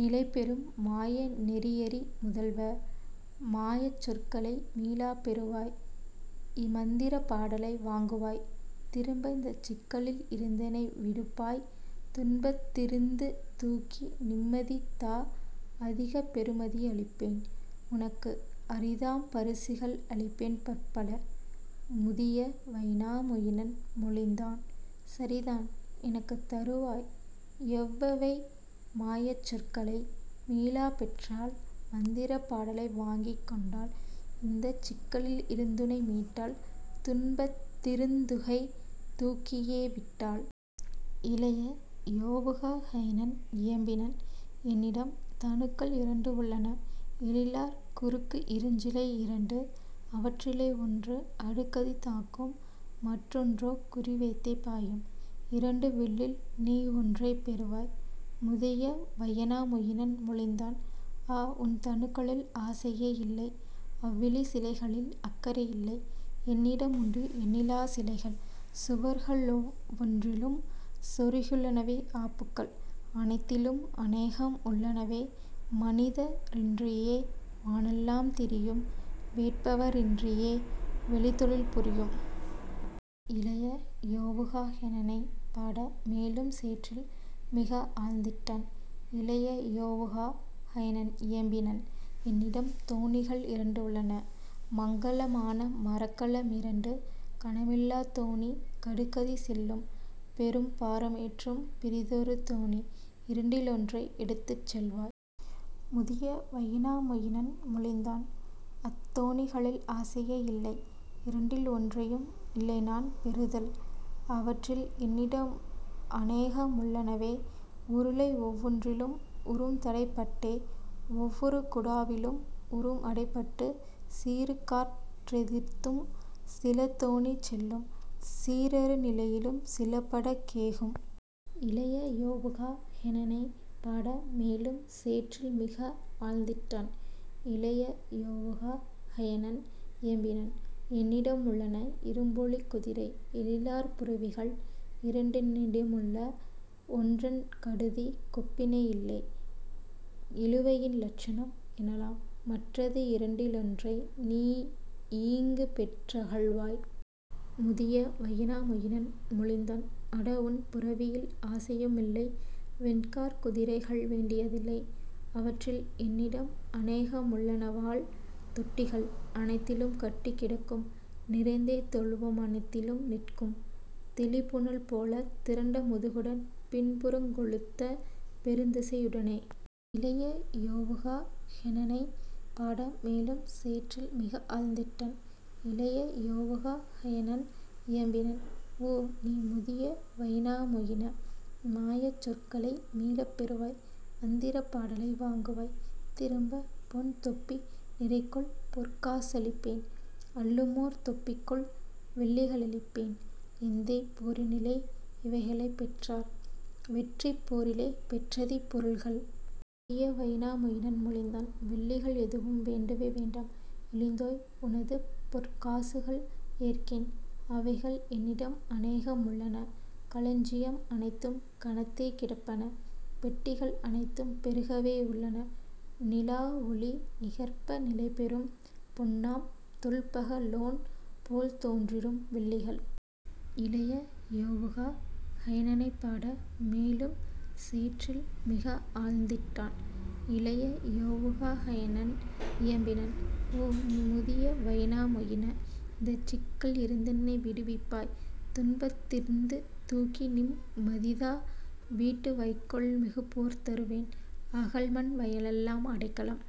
நிலைபெறும் மாய நெறியறி முதல்வ! மாயச் சொற்களை மீளப் பெறுவாய் மந்திரப் பாடலை வாங்குவாய் திரும்ப இந்தச் சிக்கலில் இருந்தெனை விடுப்பாய் துன்பத் திருந்து தூக்கிநிம் மதிதா அதிக பெறுமதி அளிப்பேன் உனக்கு அரிதாம் பரிசுகள் அளிப்பேன் பற்பல. " முதிய வைனா மொயினன் மொழிந்தான்: "சரிதான் எனக்குத் தருவாய் எவ்வெவை மாயச் சொற்களை மீளப் பெற்றால் மந்திரப் பாடலை வாங்கிக் கொண்டால் இந்தச் சிக்கலில் இருந்துனை மீட்டால் துன்பத் திருந்துகை தூக்கியே விட்டால்? " இளைய யொவுகா ஹைனன் இயம்பினன்: "என்னிடம் தனுக்கள் இரண்டு உள்ளன எழிலார் குறுக்கு இருஞ்சிலை இரண்டு அவற்றிலே ஒன்று அடுகதித் தாக்கும் மற்றொன் றோகுறி வைத்தே பாயும் இரண்டு வில்லில்நீ ஒன்றைப் பெறுவாய். " முதிய வைனா மொயினன் மொழிந்தான்: "ஆ, உன் தனுக்களில் ஆசையே இல்லை அவ்இழி சிலைகளில் அக்கறை இல்லை என்னிட முண்டு எண்ணிலாச் சிலைகள் சுவர்களொவ் வொன்றிலும் சொருகியுள் ளனவே ஆப்புகள் அனைத்திலும் அனேகம்உள் ளனவே மனித ரின்றியே வானெலாம் திரியும் வேட்பவ ரின்றியே வெளித் தொழில் புரியும். " இளைய யொவுகா ஹெனனைப் பாட மேலும் சேற்றில் மிகஆழ்ந் திட்டான். இளைய யொவுகா ஹைனன் இயம்பினன்: "என்னிடம் தோணிகள் இரண்டு உள்ளன மங்கல மான மரக்கல மிரண்டு கனமிலாத் தோணி கடுகதி செல்லும் பெரும் பாரமேற்றும் பிறிதொரு தோணி இரண்டி லொன்றை எடுத்துச் செல்வாய். " முதிய வைனா மொயினன் மொழிந்தான்: "அத்தோ ணிகளில் ஆசையே இல்லை இரண்டில் ஒன்றையும் இல்லைநான் பெறுதல் அவற்றில் என்னிடம் அநேகமுள் ளனவே உருளையொவ் வொன்றிலும் உறும்தடைப் பட்டே ஒவ்வொரு குடாவிலும் உறும்அடை பட்டு சீறுகாற் றெதிர்த்தும் சிலதோணி செல்லும் சீரறு நிலையிலும் சிலபட கேகும். " இளைய யொவுகா ஹெனனைப் பாட மேலும் சேற்றில் மிகஆழ்ந் திட்டான். இளைய யொவுகா ஹைனன் இயம்பினன்: "என்னிடம் உள்ளன இருபொலிக் குதிரை எழிலார் புரவிகள் இரண்டென் னிடமுள ஒன்றன் கடுகதிக் கொப்பிணை யில்லை இழுவையின் இலட்சணம் எனலாம் மற்றது இரண்டி லொன்றைநீ யீங்குபெற் றகல்வாய். " முதிய வைனா மொயினன் மொழிந்தான்: "அட, உன் புரவியில் ஆசையு மில்லை வெண்காற் குதிரைகள் வேண்டிய தில்லை அவற்றில் என்னிடம் அனேகமுள் ளனவால் தொட்டிகள் அனைத்திலும் கட்டிக் கிடக்கும் நிறைந்தே தொழுவம் அனைத்திலும் நிற்கும் தெளிபுனல் போலத் திரண்ட முதுகுடன் பின்புறங் கொழுத்த பெருந்தசை யுடனே. " இளைய யொவுகா ஹெனனைப் பாட மேலும் சேற்றில் மிகஆழ்ந் திட்டான். இளைய யொவுகா ஹைனன் இயம்பினன்: "ஓ, நீ முதிய வைனா மொயின! மாயச் சொற்களை மீளப் பெறுவாய் மந்திரப் பாடலை வாங்குவாய் திரும்ப பொன்தொப்பி நிறைகொள் பொற்கா சளிப்பேன் அள்ளுமோர் தொப்பிகொள் வெள்ளிக ளளிப்பேன் எந்தைபோ ரினிலே இவைகளைப் பெற்றார் வெற்றிப் போரிலே பெற்றதிப் பொருள்கள். " முதிய வைனா மொயினன் மொழிந்தான்: "வெள்ளிகள் எதுவும் வேண்டவே வேண்டாம் இழிந்தோய், உனதுபொற் காசுகள் ஏற்கேன் அவைகள் என்னிடம் அனேகம் உள்ளன களஞ்சியம் அனைத்தும் கனத்தே கிடப்பன பெட்டிகள் அனைத்தும் பெருகவே உள்ளன நிலாவொளி நிகர்ப்ப நிலைபெறும் பொன்னாம் தொல்பக லோன்போல் தோன்றிடும் வெள்ளிகள். " இளைய யொவுகா ஹைனனைப் பாட மேலும் சேற்றில் மிகஆழ்ந் திட்டான். இளைய யொவுகா ஹைனன் இயம்பினன்: "ஓ, நீ முதிய வைனா மொயின! இந்தச் சிக்கல் இருந்தெனை விடுவிப்பாய் துன்பத் திருந்து தூக்கிநிம் மதிதா வீட்டு வைக்கோல் மிகுபோர் தருவேன் அகல்மண் வயலெலாம் அடைக்கலம்